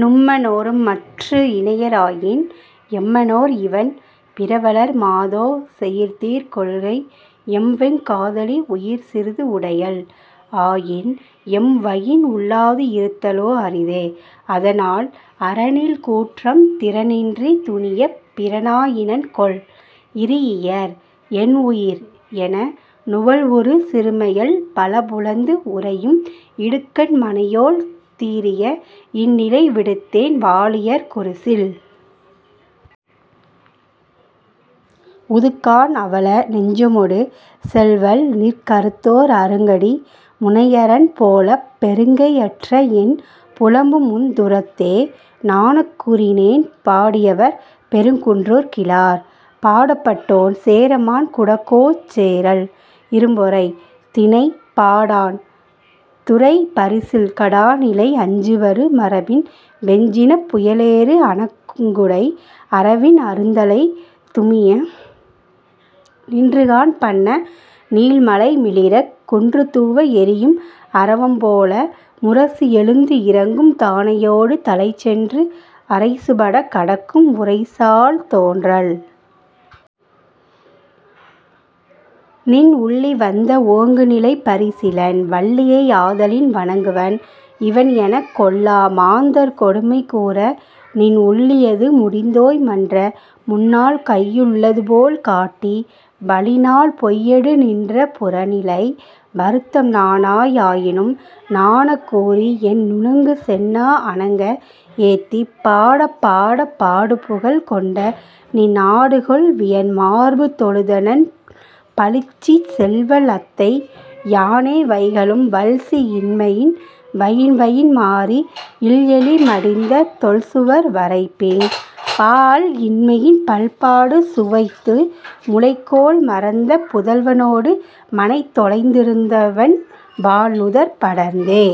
நும்ம னோரும்மற்று இனையர் ஆயின், எம்மனோர் இவண் பிறவலர் மாதோ; செயிர்தீர் கொள்கை எம்வெங் காதலி உயிர்சிறிது உடையள் ஆயின், எம்வயின் உள்ளாது இருத்தலோ அரிதே; அதனால், அறனில் கூற்றம் திறனின்று துணியப் பிறனா யினன்கொல்? இறீஇயர், என் உயிர்! என நுவல்வுறு சிறுமையள் பலபுலந்து உறையும் இடுக்கண் மனையோள் தீரிய, இந்நிலை விடுத்தேன்; வாழியர், குருசில்! உதுக்காண்: அவல நெஞ்சமொடு செல்வல்: நிற் கறுத்தோர் அருங்கடி முனையரண் போலப் பெருங்கை யற்றஎன் புலம்புமுந் துறத்தே.. நாணக் கூறினேன்! பாடியவர்: பெருங்குன்றூர் கிழார். பாடப்பட்டோன்: சேரமான் குடக்கோச் சேரல் இரும்பொறை. திணை: பாடாண்: துறை: பரிசில் கடாநிலை. அஞ்சுவரு மரபின் வெஞ்சினப் புயலேறு அணங்குடை அரவின் அருந்தலை துமிய, நின்றுகாண் பன்ன நீள்மலை மிளிரக், குன்றுதூவ எறியும் அரவம் போல, முரசு எழுந்து இரங்கும் தானையோடு தலைச்சென்று, அரைசுபடக் கடக்கும் உரைசால் தோன்றல்! நின் உள்ளி வந்த ஓங்குநிலைப் பரிசிலென், வள்ளியை ஆதலின் வணங்குவன் இவன் எனக், கொள்ளா மாந்தர் கொடுமை கூற, நின் உள்ளியது முடிந்தோய் மன்ற; முன்னாள் கையுள் ளதுபோல் காட்டி, வழிநாள் பொய்யடு நின்ற புறநிலை வருத்தம் நாணாய் ஆயினும், நாணக் கூறி, என் நுணங்கு செந்நா அணங்க ஏத்திப், பாடப் பாடப் பாடுபுகழ் கொண்டநின் ஆடுகொள் வியன்மார்பு தொழுதெனன் பழிச்சிச் செல்வல் அத்தை, யானே வைகலும், வல்சி இன்மையின் வயின்வயின் மாறி, இல்எலி மடிந்த தொல்சுவர் வரைப்பின், பாஅல் இன்மையின் பல்பாடு சுவைத்து, முலைக்கோள் மறந்த புதல்வனொடு, மனைத் தொலைந்திருந் தவென்வாள் நுதற் படர்ந்தே..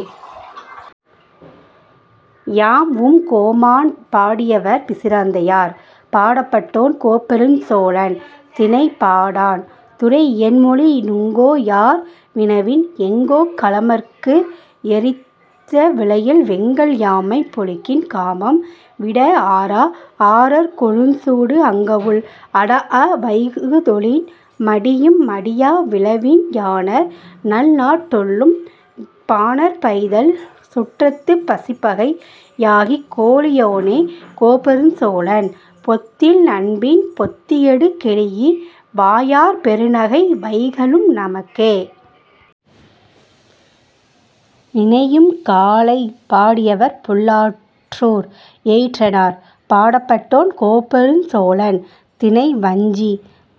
யாம் உம் கோமான்? பாடியவர்: பிசிராந்தையார். பாடப்பட்டோன்: கோப்பெருஞ் சோழன் திணை: பாடாண்: துறை: இயன்மொழி. நுங்கோ யார்? வினவின், எங்கோக் களமர்க்கு எரித்த விளையல் வெங்கள் யாமைப் புழுக்கின் காமம் வீடஆரா, ஆரற் கொழுஞ்சூடு அங்கவுள் அடாஅ, வைகுதொழின் மடியும் மடியா விழவின் யாணர் நல்நாட் டுள்ளும், பாணர் பைதல் சுற்றத்துப் பசிப்பகை யாகிக், கோழி யோனே, கோப்பெருஞ் சோழன் பொத்தில் நண்பின் பொத்தியடு கெழீஇ, வாயார் பெருநகை வைகலும் நமக்கே.. நினையும் காலை! பாடியவர்: புல்லாற்றூர் எயிற்றினார். பாடப்பட்டோன்: கோப்பெருஞ் சோழன். திணை: வஞ்சி: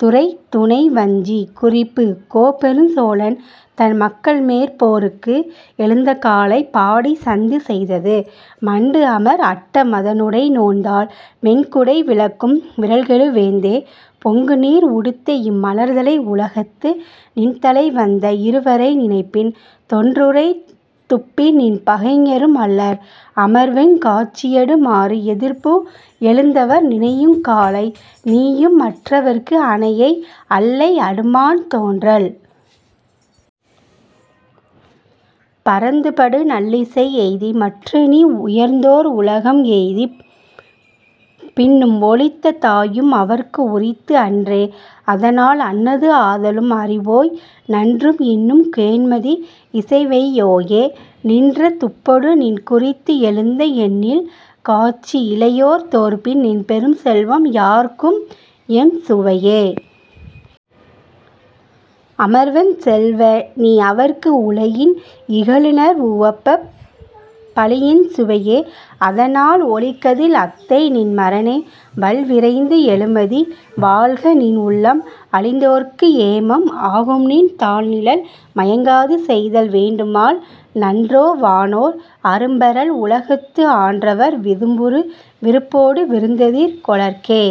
துறை: துணை வஞ்சி. குறிப்பு: கோப்பெருஞ்சோழன் தன் மக்கள்மேற் போருக்கு எழுந்தகாலைப் பாடிச் சந்து செய்தது. மண்டுஅமர் அட்ட மதனுடை நோன்தாள், வெண்குடை விளக்கும், விறல்கெழு வேந்தே! பொங்குநீர் உடுத்தஇம் மலர்தலை உலகத்து, நின்தலை வந்த இருவரை நினைப்பின், தொன்றுறை துப்பின்நின் பகைஞரும் அல்லர், அமர்வெங் காட்சியடு மாறுஎதிர்பு எழுந்தவர்: நினையுங் காலை, நீயும் மற்றவர்க்கு அனையை அல்லை; அடுமான் தோன்றல்! பரந்துபடு நல்லிசை எய்தி, மற்று நீ உயர்ந்தோர் உலகம் எய்திப்; பின்னும் ஒழித்த தாயும் அவர்க்குஉரித்து அன்றே; அதனால், அன்னது ஆதலும் அறிவோய்! நன்றும் இன்னும் கேண்மதி, இசைவெய் யோயே! நின்ற துப்பொடு நின்குறித்து எழுந்த எண்ணில் காட்சி இளையோர் தோற்பின், நின்பெரும் செல்வம் யார்க்கும்எம் சுவையே? அமர்வெஞ் செல்வ! நீ அவர்க்கு உலையின், இகழுநர் உவப்பப், பழியெஞ் சுவையே; அதனால், ஒழிகதில் அத்தை, நின் மறனே! வல்விரைந்து எழுமதி; வாழ்க, நின் உள்ளம்! அழிந்தோர்க்கு ஏமம் ஆகும்நின் தாள்நிழல் மயங்காது செய்தல் வேண்டுமால். நன்றோ வானோர் அரும்பெறல் உலகத்து ஆன்றவர் விதும்புறு விருப்போடு விருந்தெதிர் கொளற்கே..